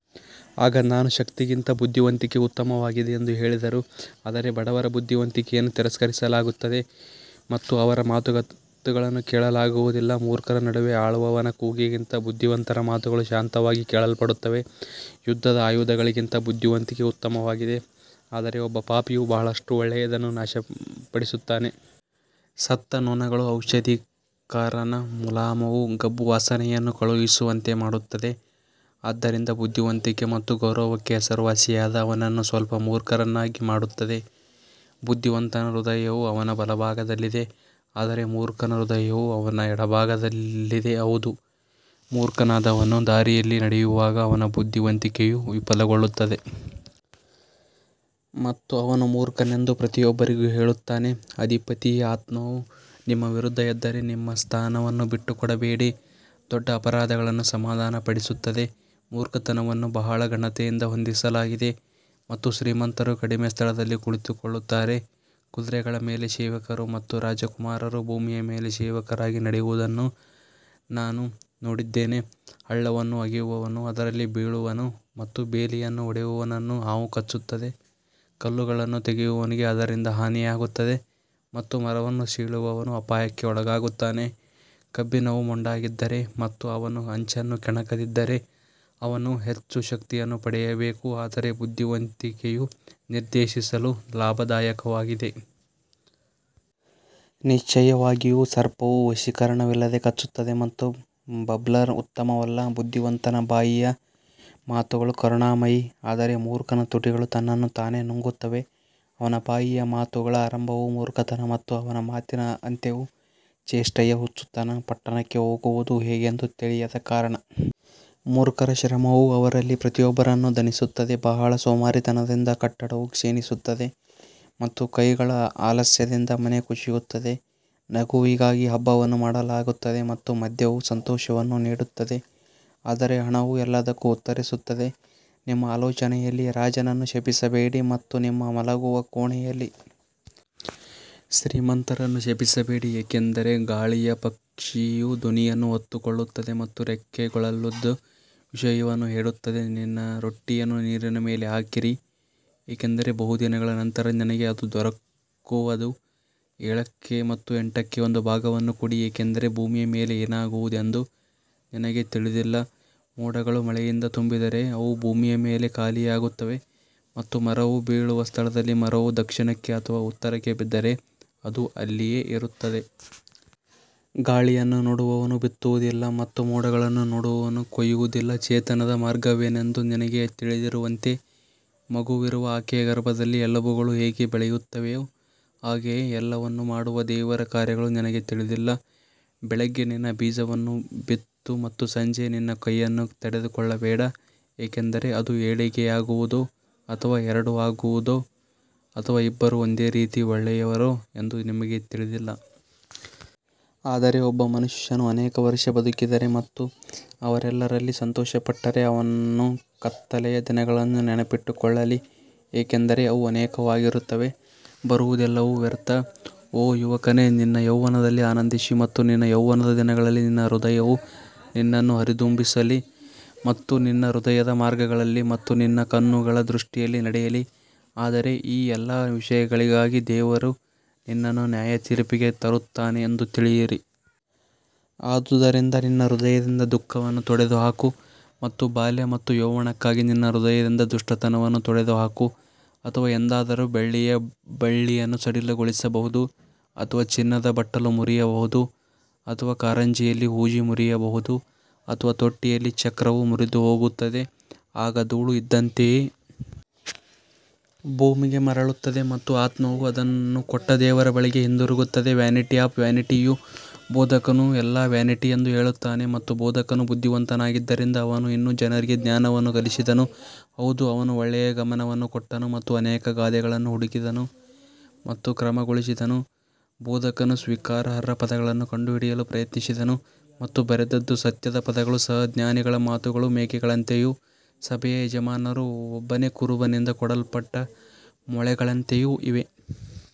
ಆಗ ನಾನು ಶಕ್ತಿಗಿಂತ ಬುದ್ಧಿವಂತಿಕೆ ಉತ್ತಮವಾಗಿದೆ ಎಂದು ಹೇಳಿದರು ಆದರೆ ಬಡವರ ಬುದ್ಧಿವಂತಿಕೆಯನ್ನು ತಿರಸ್ಕರಿಸಲಾಗುತ್ತದೆ ಮತ್ತು ಅವರ ಮಾತುಗಳನ್ನು ಕೇಳಲಾಗುವುದಿಲ್ಲ ಮೂರ್ಖರ ನಡುವೆ ಆಳುವವನ ಕೂಗಿಗಿಂತ ಬುದ್ಧಿವಂತರ ಮಾತುಗಳು ಶಾಂತವಾಗಿ ಕೇಳಲ್ಪಡುತ್ತವೆ ಯುದ್ಧದ ಆಯುಧಗಳಿಗಿಂತ ಬುದ್ಧಿವಂತಿಕೆ ಉತ್ತಮವಾಗಿದೆ ಆದರೆ ಒಬ್ಬ ಪಾಪಿಯು ಬಹಳಷ್ಟು ಒಳ್ಳೆಯದನ್ನು ನಾಶಪಡಿಸುತ್ತಾನೆ ಸತ್ತ ನೊಣಗಳು ಔಷಧಿಕಾರನ ಮುಲಾಮುವು ಗಬ್ಬು ವಾಸನೆಯನ್ನು ಕಳುಹಿಸುವಂತೆ ಮಾಡುತ್ತದೆ, ಆದ್ದರಿಂದ ಬುದ್ಧಿವಂತಿಕೆ ಮತ್ತು ಗೌರವಕ್ಕೆ ಹೆಸರುವಾಸಿಯಾದ ಅವನನ್ನು ಸ್ವಲ್ಪ ಮೂರ್ಖರನ್ನಾಗಿ ಮಾಡುತ್ತದೆ ಬುದ್ಧಿವಂತನ ಹೃದಯವು ಅವನ ಬಲಭಾಗದಲ್ಲಿದೆ ಆದರೆ ಮೂರ್ಖನ ಹೃದಯವು ಅವನ ಎಡಭಾಗದಲ್ಲಿದೆ ಹೌದು, ಮೂರ್ಖನಾದವನು ದಾರಿಯಲ್ಲಿ ನಡೆಯುವಾಗ ಅವನ ಬುದ್ಧಿವಂತಿಕೆಯು ವಿಫಲಗೊಳ್ಳುತ್ತದೆ ಮತ್ತು ಅವನು ಮೂರ್ಖನೆಂದು ಪ್ರತಿಯೊಬ್ಬರಿಗೂ ಹೇಳುತ್ತಾನೆ ಅಧಿಪತಿಯ ಆತ್ಮವು ನಿಮ್ಮ ವಿರುದ್ಧ ಎದ್ದರೆ ನಿಮ್ಮ ಸ್ಥಾನವನ್ನು ಬಿಟ್ಟುಕೊಡಬೇಡಿ ದೊಡ್ಡ ಅಪರಾಧಗಳನ್ನು ಸಮಾಧಾನಪಡಿಸುತ್ತದೆ ಮೂರ್ಖತನವನ್ನು ಬಹಳ ಘನತೆಯಿಂದ ಹೊಂದಿಸಲಾಗಿದೆ ಮತ್ತು ಶ್ರೀಮಂತರು ಕಡಿಮೆ ಸ್ಥಳದಲ್ಲಿ ಕುಳಿತುಕೊಳ್ಳುತ್ತಾರೆ ಕುದುರೆಗಳ ಮೇಲೆ ಸೇವಕರು ಮತ್ತು ರಾಜಕುಮಾರರು ಭೂಮಿಯ ಮೇಲೆ ಸೇವಕರಾಗಿ ನಡೆಯುವುದನ್ನು ನಾನು ನೋಡಿದ್ದೇನೆ ಹಳ್ಳವನ್ನು ಅಗೆಯುವವನು ಅದರಲ್ಲಿ ಬೀಳುವನು ಮತ್ತು ಬೇಲಿಯನ್ನು ಒಡೆಯುವವನನ್ನು ಹಾವು ಕಚ್ಚುತ್ತದೆ ಕಲ್ಲುಗಳನ್ನು ತೆಗೆಯುವವನಿಗೆ ಅದರಿಂದ ಹಾನಿಯಾಗುತ್ತದೆ ಮತ್ತು ಮರವನ್ನು ಸೀಳುವವನು ಅಪಾಯಕ್ಕೆ ಒಳಗಾಗುತ್ತಾನೆ ಕಬ್ಬಿಣವು ಮೊಂಡಾಗಿದ್ದರೆ ಮತ್ತು ಅವನು ಅಂಚನ್ನು ಕೆಣಕದಿದ್ದರೆ, ಅವನು ಹೆಚ್ಚು ಶಕ್ತಿಯನ್ನು ಪಡೆಯಬೇಕು ಆದರೆ ಬುದ್ಧಿವಂತಿಕೆಯು ನಿರ್ದೇಶಿಸಲು ಲಾಭದಾಯಕವಾಗಿದೆ. ನಿಶ್ಚಯವಾಗಿಯೂ ಸರ್ಪವು ವಶೀಕರಣವಿಲ್ಲದೆ ಕಚ್ಚುತ್ತದೆ ಮತ್ತು ಬಬ್ಲರ್ ಉತ್ತಮವಲ್ಲ ಬುದ್ಧಿವಂತನ ಬಾಯಿಯ ಮಾತುಗಳು ಕರುಣಾಮಯಿ ಆದರೆ ಮೂರ್ಖನ ತುಟಿಗಳು ತನ್ನನ್ನು ತಾನೇ ನುಂಗುತ್ತವೆ ಅವನ ಬಾಯಿಯ ಮಾತುಗಳ ಆರಂಭವು ಮೂರ್ಖತನ ಮತ್ತು ಅವನ ಮಾತಿನ ಅಂತ್ಯವು ಚೇಷ್ಟೆಯ ಹುಚ್ಚುತನ ಪಟ್ಟಣಕ್ಕೆ ಹೋಗುವುದು ಹೇಗೆಂದು ತಿಳಿಯದ ಕಾರಣ ಮೂರ್ಖರ ಶ್ರಮವು ಅವರಲ್ಲಿ ಪ್ರತಿಯೊಬ್ಬರನ್ನು ದಣಿಸುತ್ತದೆ ಬಹಳ ಸೋಮಾರಿತನದಿಂದ ಕಟ್ಟಡವು ಕ್ಷೀಣಿಸುತ್ತದೆ ಮತ್ತು ಕೈಗಳ ಆಲಸ್ಯದಿಂದ ಮನೆ ಕುಸಿಯುತ್ತದೆ ನಗುವಿಗಾಗಿ ಹಬ್ಬವನ್ನು ಮಾಡಲಾಗುತ್ತದೆ ಮತ್ತು ಮದ್ಯವು ಸಂತೋಷವನ್ನು ನೀಡುತ್ತದೆ ಆದರೆ ಹಣವು ಎಲ್ಲದಕ್ಕೂ ಉತ್ತರಿಸುತ್ತದೆ ನಿಮ್ಮ ಆಲೋಚನೆಯಲ್ಲಿ ರಾಜನನ್ನು ಶಪಿಸಬೇಡಿ ಮತ್ತು ನಿಮ್ಮ ಮಲಗುವ ಕೋಣೆಯಲ್ಲಿ ಶ್ರೀಮಂತರನ್ನು ಶಪಿಸಬೇಡಿ ಏಕೆಂದರೆ ಗಾಳಿಯ ಪಕ್ಷಿಯು ಧ್ವನಿಯನ್ನು ಹೊತ್ತುಕೊಳ್ಳುತ್ತದೆ ಮತ್ತು ರೆಕ್ಕೆಗಳುಳ್ಳದ್ದು ವಿಷಯವನ್ನು ಹೇಳುತ್ತದೆ ನಿನ್ನ ರೊಟ್ಟಿಯನ್ನು ನೀರಿನ ಮೇಲೆ ಹಾಕಿರಿ ಏಕೆಂದರೆ ಬಹುದಿನಗಳ ನಂತರ ನಿನಗೆ ಅದು ದೊರಕುವದು ಏಳಕ್ಕೆ ಮತ್ತು ಎಂಟಕ್ಕೆ ಒಂದು ಭಾಗವನ್ನು ಕೊಡಿ ಏಕೆಂದರೆ ಭೂಮಿಯ ಮೇಲೆ ಏನಾಗುವುದೆಂದು ನಿನಗೆ ತಿಳಿದಿಲ್ಲ ಮೋಡಗಳು ಮಳೆಯಿಂದ ತುಂಬಿದ್ದರೆ ಅವು ಭೂಮಿಯ ಮೇಲೆ ಖಾಲಿಯಾಗುತ್ತವೆ ಮತ್ತು ಮರವು ಬೀಳುವ ಸ್ಥಳದಲ್ಲಿ ಮರವು ದಕ್ಷಿಣಕ್ಕೆ ಅಥವಾ ಉತ್ತರಕ್ಕೆ ಬಿದ್ದರೆ ಅದು ಅಲ್ಲಿಯೇ ಇರುತ್ತದೆ. ಗಾಳಿಯನ್ನು ನೋಡುವವನು ಬಿತ್ತುವುದಿಲ್ಲ ಮತ್ತು ಮೋಡಗಳನ್ನು ನೋಡುವವನು ಕೊಯ್ಯುವುದಿಲ್ಲ ಚೇತನದ ಮಾರ್ಗವೇನೆಂದು ನಿನಗೆ ತಿಳಿಯದಿರುವಂತೆ ಮಗುವಿರುವ ಆಕೆಯ ಗರ್ಭದಲ್ಲಿ ಎಲುಬುಗಳು ಹೇಗೆ ಬೆಳೆಯುತ್ತವೆಯೋ ಹಾಗೆಯೇ ಎಲ್ಲವನ್ನೂ ಮಾಡುವ ದೇವರ ಕಾರ್ಯಗಳು ನಿನಗೆ ತಿಳಿದಿಲ್ಲ. ಬೆಳಿಗ್ಗೆ ನಿನ್ನ ಬೀಜವನ್ನು ಬಿತ್ತು ಮತ್ತು ಸಂಜೆ ನಿನ್ನ ಕೈಯನ್ನು ತಡೆದುಕೊಳ್ಳಬೇಡ ಏಕೆಂದರೆ ಅದು ಏಳಿಗೆಯಾಗುವುದೋ ಅಥವಾ ಎರಡೂ ಆಗುವುದೋ ಅಥವಾ ಇಬ್ಬರೂ ಒಂದೇ ರೀತಿ ಒಳ್ಳೆಯವರೋ ಎಂದು ನಿಮಗೆ ತಿಳಿದಿಲ್ಲ. ಆದರೆ ಒಬ್ಬ ಮನುಷ್ಯನು ಅನೇಕ ವರ್ಷ ಬದುಕಿದರೆ ಮತ್ತು ಅವರೆಲ್ಲರಲ್ಲಿ ಸಂತೋಷಪಟ್ಟರೆ ಅವನು ಕತ್ತಲೆಯ ದಿನಗಳನ್ನು ನೆನಪಿಟ್ಟುಕೊಳ್ಳಲಿ, ಏಕೆಂದರೆ ಅವು ಅನೇಕವಾಗಿರುತ್ತವೆ, ಬರುವುದೆಲ್ಲವೂ ವ್ಯರ್ಥ. ಓ ಯುವಕನೇ ನಿನ್ನ ಯೌವನದಲ್ಲಿ ಆನಂದಿಸಿ ಮತ್ತು ನಿನ್ನ ಯೌವನದ ದಿನಗಳಲ್ಲಿ ನಿನ್ನ ಹೃದಯವು ನಿನ್ನನ್ನು ಹುರಿದುಂಬಿಸಲಿ ಮತ್ತು ನಿನ್ನ ಹೃದಯದ ಮಾರ್ಗಗಳಲ್ಲಿ ಮತ್ತು ನಿನ್ನ ಕಣ್ಣುಗಳ ದೃಷ್ಟಿಯಲ್ಲಿ ನಡೆಯಲಿ ಆದರೆ ಈ ಎಲ್ಲಾ ವಿಷಯಗಳಿಗಾಗಿ ದೇವರು ನಿನ್ನನ್ನು ನ್ಯಾಯತೀರ್ಪಿಗೆ ತರುತ್ತಾನೆ ಎಂದು ತಿಳಿಯಿರಿ. ಆದುದರಿಂದ ನಿನ್ನ ಹೃದಯದಿಂದ ದುಃಖವನ್ನು ತೊಡೆದುಹಾಕು ಮತ್ತು ಬಾಲ್ಯ ಮತ್ತು ಯೌವನಕ್ಕಾಗಿ ನಿನ್ನ ದೇಹದಿಂದ ದುಷ್ಟತನವನ್ನು ತೊಡೆದುಹಾಕು ಅಥವಾ ಎಂದಾದರೂ ಬೆಳ್ಳಿಯ ಬಳ್ಳಿಯನ್ನು ಸಡಿಲಗೊಳಿಸಬಹುದು ಅಥವಾ ಚಿನ್ನದ ಬಟ್ಟಲು ಮುರಿಯಬಹುದು ಅಥವಾ ಕಾರಂಜಿಯಲ್ಲಿ ಹೂಜಿ ಮುರಿಯಬಹುದು ಅಥವಾ ತೊಟ್ಟಿಯಲ್ಲಿ ಚಕ್ರವು ಮುರಿದುಹೋಗುತ್ತದೆ ಆಗ ಧೂಳು ಇದ್ದಂತೆಯೇ ಭೂಮಿಗೆ ಮರಳುತ್ತದೆ ಮತ್ತು ಆತ್ಮವು ಅದನ್ನು ಕೊಟ್ಟ ದೇವರ ಬಳಿಗೆ ಹಿಂತಿರುಗುತ್ತದೆ ವ್ಯಾನಿಟಿ ಆಫ್ ವ್ಯಾನಿಟಿಯು ಬೋಧಕನು ಎಲ್ಲಾ ವ್ಯಾನಿಟಿ ಎಂದು ಹೇಳುತ್ತಾನೆ ಮತ್ತು ಬೋಧಕನು ಬುದ್ಧಿವಂತನಾಗಿದ್ದರಿಂದ ಅವನು ಇನ್ನೂ ಜನರಿಗೆ ಜ್ಞಾನವನ್ನು ಕಲಿಸಿದನು, ಹೌದು ಅವನು ಒಳ್ಳೆಯ ಗಮನವನ್ನು ಕೊಟ್ಟನು ಮತ್ತು ಅನೇಕ ಗಾದೆಗಳನ್ನು ಹುಡುಕಿದನು ಮತ್ತು ಕ್ರಮಗೊಳಿಸಿದನು ಬೋಧಕನು ಸ್ವೀಕಾರಾರ್ಹ ಪದಗಳನ್ನು ಕಂಡುಹಿಡಿಯಲು ಪ್ರಯತ್ನಿಸಿದನು ಮತ್ತು ಬರೆದದ್ದು ಸತ್ಯದ ಪದಗಳು ಸಹ ಜ್ಞಾನಿಗಳ ಮಾತುಗಳು ಮೇಕೆಗಳಂತೆಯೂ ಸಭೆಯ ಯಜಮಾನರು ಒಬ್ಬನೇ ಕುರುಬನಿಂದ ಕೊಡಲ್ಪಟ್ಟ ಮೊಳೆಗಳಂತೆಯೂ ಇವೆ.